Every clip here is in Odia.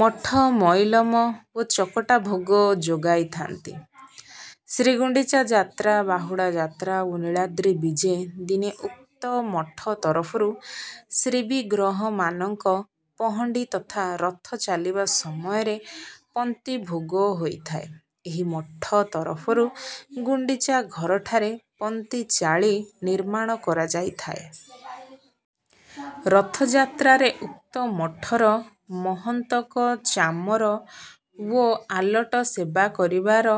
ମଠ ମଇଲମ ଓ ଚକଟା ଭୋଗ ଯୋଗାଇଥାନ୍ତି। ଶ୍ରୀଗୁଣ୍ଡିଚା ଯାତ୍ରା, ବାହୁଡ଼ା ଯାତ୍ରା ଓ ନୀଳାଦ୍ରି ବିଜେ ଦିନ ଉକ୍ତ ମଠ ତରଫରୁ ଶ୍ରୀବିଗ୍ରହମାନଙ୍କ ପହଣ୍ଡି ତଥା ରଥ ଚାଲିବା ସମୟରେ ପନ୍ତି ଭୋଗ ହୋଇଥାଏ। ଏହି ମଠ ତରଫରୁ ଗୁଣ୍ଡିଚା ଘରଠାରେ ପନ୍ତି ଚାଳି ନିର୍ମାଣ କରାଯାଇଥାଏ। ରଥଯାତ୍ରାରେ ଉକ୍ତ ମଠର ମହନ୍ତଙ୍କ ଚାମର ଓ ଆଲଟ ସେବା କରିବାର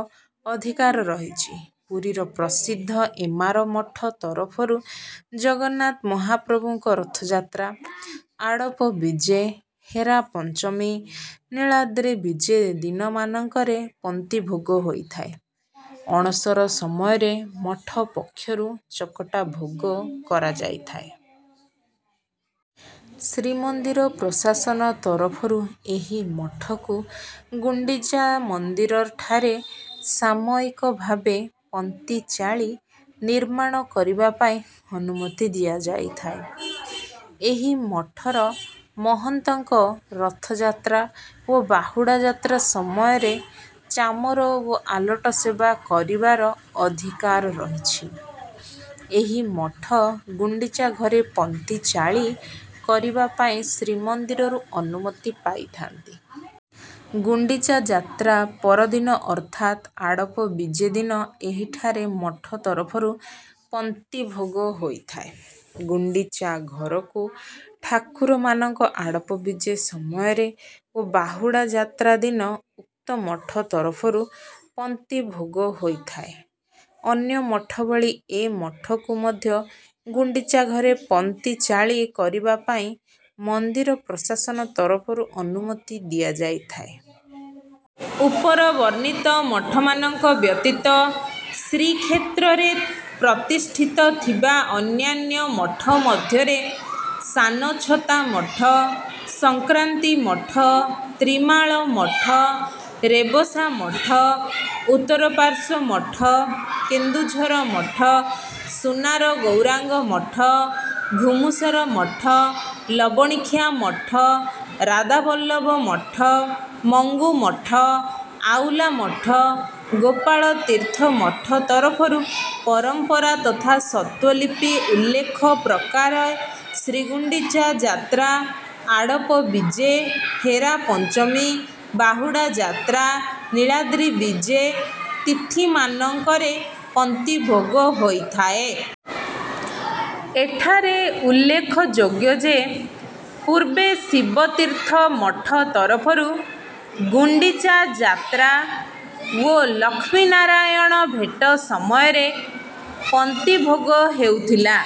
ଅଧିକାର ରହିଛି। ପୁରୀର ପ୍ରସିଦ୍ଧ ଏମାର ମଠ ତରଫରୁ ଜଗନ୍ନାଥ ମହାପ୍ରଭୁଙ୍କ ରଥଯାତ୍ରା, ଆଡ଼ପ ବିଜେ, ହେରା ପଞ୍ଚମୀ, ନୀଳାଦ୍ରି ବିଜେ ଦିନମାନଙ୍କରେ ପନ୍ତି ଭୋଗ ହୋଇଥାଏ। ଅଣସର ସମୟରେ ମଠ ପକ୍ଷରୁ ଚକଟା ଭୋଗ କରାଯାଇଥାଏ। ଶ୍ରୀମନ୍ଦିର ପ୍ରଶାସନ ତରଫରୁ ଏହି ମଠକୁ ଗୁଣ୍ଡିଚା ମନ୍ଦିରଠାରେ ସାମୟିକ ଭାବେ ପନ୍ତି ଚାଳି ନିର୍ମାଣ କରିବା ପାଇଁ ଅନୁମତି ଦିଆଯାଇଥାଏ। ଏହି ମଠର ମହନ୍ତଙ୍କ ରଥଯାତ୍ରା ଓ ବାହୁଡ଼ା ଯାତ୍ରା ସମୟରେ ଚାମର ଓ ଆଲଟ ସେବା କରିବାର ଅଧିକାର ରହିଛି। ଏହି ମଠ ଗୁଣ୍ଡିଚା ଘରେ ପନ୍ତି ଚାଳି କରିବା ପାଇଁ ଶ୍ରୀମନ୍ଦିରରୁ ଅନୁମତି ପାଇଥାନ୍ତି। ଗୁଣ୍ଡିଚା ଯାତ୍ରା ପରଦିନ ଅର୍ଥାତ ଆଡ଼ପ ବିଜେ ଦିନ ଏହିଠାରେ ମଠ ତରଫରୁ ପନ୍ତି ଭୋଗ ହୋଇଥାଏ। ଗୁଣ୍ଡିଚା ଘରକୁ ଠାକୁରମାନଙ୍କ ଆଡ଼ପ ବିଜେ ସମୟରେ ଓ ବାହୁଡ଼ା ଯାତ୍ରା ଦିନ ଉକ୍ତ ମଠ ତରଫରୁ ପନ୍ତି ଭୋଗ ହୋଇଥାଏ। ଅନ୍ୟ ମଠ ଭଳି ଏ ମଠକୁ ମଧ୍ୟ ଗୁଣ୍ଡିଚା ଘରେ ପନ୍ତି ଚାଳି କରିବା ପାଇଁ ମନ୍ଦିର ପ୍ରଶାସନ ତରଫରୁ ଅନୁମତି ଦିଆଯାଇଥାଏ। ଉପରବର୍ଣ୍ଣିତ ମଠମାନଙ୍କ ବ୍ୟତୀତ ଶ୍ରୀକ୍ଷେତ୍ରରେ ପ୍ରତିଷ୍ଠିତ ଥିବା ଅନ୍ୟାନ୍ୟ ମଠ ମଧ୍ୟରେ ସାନଛତା ମଠ, ସଂକ୍ରାନ୍ତି ମଠ, ତ୍ରିମାଳ ମଠ, ରେବସା ମଠ, ଉତ୍ତରପାର୍ଶ୍ୱ ମଠ, କେନ୍ଦୁଝର ମଠ, ସୁନାର ଗୌରାଙ୍ଗ ମଠ, ଘୁମୁସର ମଠ, ଲବଣିଖିଆ ମଠ, ରାଧାବଲ୍ଲଭ ମଠ, ମଙ୍ଗୁ ମଠ, ଆଉଲା ମଠ, ଗୋପାଳ ତୀର୍ଥ ମଠ ତରଫରୁ ପରମ୍ପରା ତଥା ସ୍ୱତ୍ତ୍ୱଲିପି ଉଲ୍ଲେଖ ପ୍ରକାରେ ଶ୍ରୀଗୁଣ୍ଡିଚା ଯାତ୍ରା, ଆଡ଼ପ ବିଜେ, ହେରା ପଞ୍ଚମୀ, ବାହୁଡ଼ା ଯାତ୍ରା, ନୀଳାଦ୍ରି ବିଜେ ତିଥିମାନଙ୍କରେ ପନ୍ତି ଭୋଗ ହୋଇଥାଏ। ଏଠାରେ ଉଲ୍ଲେଖଯୋଗ୍ୟ ଯେ, ପୂର୍ବେ ଶିବତୀର୍ଥ ମଠ ତରଫରୁ ଗୁଣ୍ଡିଚା ଯାତ୍ରା ଓ ଲକ୍ଷ୍ମୀନାରାୟଣ ଭେଟ ସମୟରେ ପନ୍ତି ଭୋଗ ହେଉଥିଲା।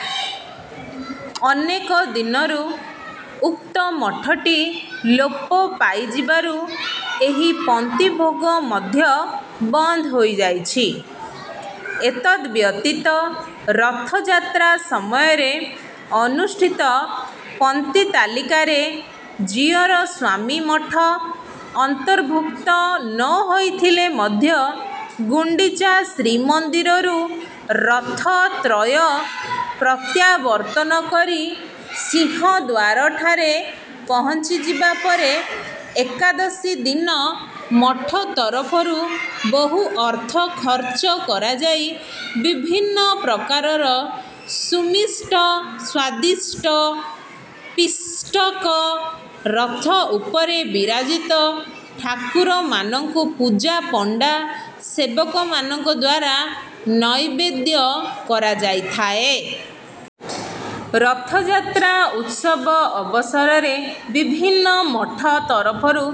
ଅନେକ ଦିନରୁ ଉକ୍ତ ମଠଟି ଲୋପ ପାଇଯିବାରୁ ଏହି ପନ୍ତି ଭୋଗ ମଧ୍ୟ ବନ୍ଦ ହୋଇଯାଇଛି। ଏତଦ୍ ବ୍ୟତୀତ ରଥଯାତ୍ରା ସମୟରେ ଅନୁଷ୍ଠିତ ପନ୍ତି ତାଲିକାରେ ଜିୟର ସ୍ୱାମୀ ମଠ ଅନ୍ତର୍ଭୁକ୍ତ ନ ହୋଇଥିଲେ ମଧ୍ୟ ଗୁଣ୍ଡିଚା ଶ୍ରୀମନ୍ଦିରରୁ ରଥତ୍ରୟ ପ୍ରତ୍ୟାବର୍ତ୍ତନ କରି ସିଂହଦ୍ୱାରଠାରେ ପହଞ୍ଚିଯିବା ପରେ ଏକାଦଶୀ ଦିନ ମଠ ତରଫରୁ ବହୁ ଅର୍ଥ ଖର୍ଚ୍ଚ କରାଯାଇ ବିଭିନ୍ନ ପ୍ରକାରର ସୁମିଷ୍ଟ, ସ୍ୱାଦିଷ୍ଟ ପିଷ୍ଟକ ରଥ ଉପରେ ବିରାଜିତ ଠାକୁରମାନଙ୍କୁ ପୂଜାପଣ୍ଡା ସେବକମାନଙ୍କ ଦ୍ୱାରା ନୈବେଦ୍ୟ କରାଯାଇଥାଏ। ରଥଯାତ୍ରା ଉତ୍ସବ ଅବସରରେ ବିଭିନ୍ନ ମଠ ତରଫରୁ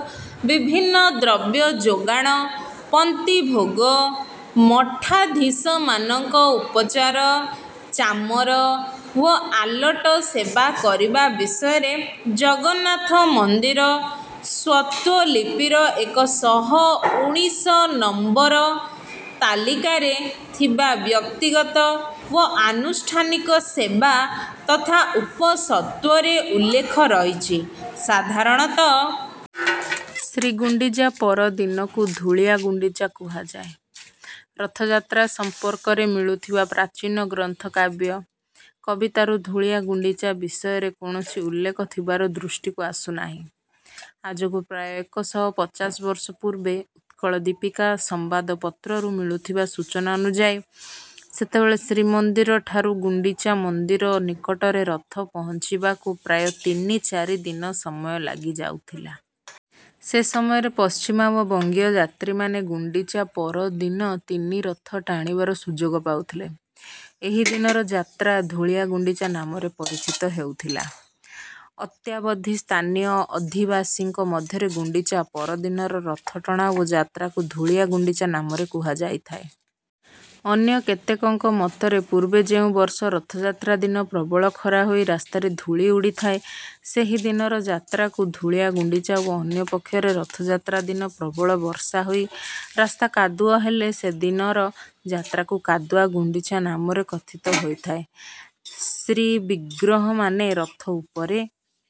ବିଭିନ୍ନ ଦ୍ରବ୍ୟ ଯୋଗାଣ, ପନ୍ତି ଭୋଗ, ମଠାଧୀଶମାନଙ୍କ ଉପଚାର, ଚାମର ଓ ଆଲଟ ସେବା କରିବା ବିଷୟରେ ଜଗନ୍ନାଥ ମନ୍ଦିର ସ୍ୱତ୍ତ୍ୱଲିପିର ଏକ ଶହ ଉଣିଷ ନମ୍ବର ତାଲିକାରେ ଥିବା ବ୍ୟକ୍ତିଗତ ଓ ଅନୁଷ୍ଠାନିକ ସେବା ତଥା ଉପସ୍ୱତ୍ତ୍ୱରେ ଉଲ୍ଲେଖ ରହିଛି। ସାଧାରଣତଃ ଶ୍ରୀଗୁଣ୍ଡିଚା ପର ଦିନକୁ ଧୂଳିଆ ଗୁଣ୍ଡିଚା କୁହାଯାଏ। ରଥଯାତ୍ରା ସମ୍ପର୍କରେ ମିଳୁଥିବା ପ୍ରାଚୀନ ଗ୍ରନ୍ଥ, କାବ୍ୟ, କବିତାରୁ ଧୂଳିଆ ଗୁଣ୍ଡିଚା ବିଷୟରେ କୌଣସି ଉଲ୍ଲେଖ ଥିବାର ଦୃଷ୍ଟିକୁ ଆସୁନାହିଁ। ଆଜକୁ ପ୍ରାୟ ଏକ ଶହ ପଚାଶ ବର୍ଷ ପୂର୍ବେ 'ଉତ୍କଳ ଦୀପିକା' ସମ୍ବାଦପତ୍ରରୁ ମିଳୁଥିବା ସୂଚନା ଅନୁଯାୟୀ ସେତେବେଳେ ଶ୍ରୀମନ୍ଦିରଠାରୁ ଗୁଣ୍ଡିଚା ମନ୍ଦିର ନିକଟରେ ରଥ ପହଞ୍ଚିବାକୁ ପ୍ରାୟ ତିନି ଚାରି ଦିନ ସମୟ ଲାଗି ଯାଉଥିଲା। ସେ ସମୟରେ ପଶ୍ଚିମା ଓ ବଙ୍ଗୀୟ ଯାତ୍ରୀମାନେ ଗୁଣ୍ଡିଚା ପର ଦିନ ତିନି ରଥ ଟାଣିବାର ସୁଯୋଗ ପାଉଥିଲେ। ଏହି ଦିନର ଯାତ୍ରା ଧୂଳିଆ ଗୁଣ୍ଡିଚା ନାମରେ ପରିଚିତ ହେଉଥିଲା। ଅଦ୍ୟାବଧି ସ୍ଥାନୀୟ ଅଧିବାସୀଙ୍କ ମଧ୍ୟରେ ଗୁଣ୍ଡିଚା ପର ଦିନର ରଥଟଣା ଓ ଯାତ୍ରାକୁ ଧୂଳିଆ ଗୁଣ୍ଡିଚା ନାମରେ କୁହାଯାଇଥାଏ। ଅନ୍ୟ କେତେକଙ୍କ ମତରେ ପୂର୍ବେ ଯେଉଁ ବର୍ଷ ରଥଯାତ୍ରା ଦିନ ପ୍ରବଳ ଖରା ହୋଇ ରାସ୍ତାରେ ଧୂଳି ଉଡ଼ିଥାଏ, ସେହି ଦିନର ଯାତ୍ରାକୁ ଧୂଳିଆ ଗୁଣ୍ଡିଚା ଓ ଅନ୍ୟ ପକ୍ଷରେ ରଥଯାତ୍ରା ଦିନ ପ୍ରବଳ ବର୍ଷା ହୋଇ ରାସ୍ତା କାଦୁଅ ହେଲେ ସେଦିନର ଯାତ୍ରାକୁ କାଦୁଆ ଗୁଣ୍ଡିଚା ନାମରେ କଥିତ ହୋଇଥାଏ। ଶ୍ରୀବିଗ୍ରହମାନେ ରଥ ଉପରେ...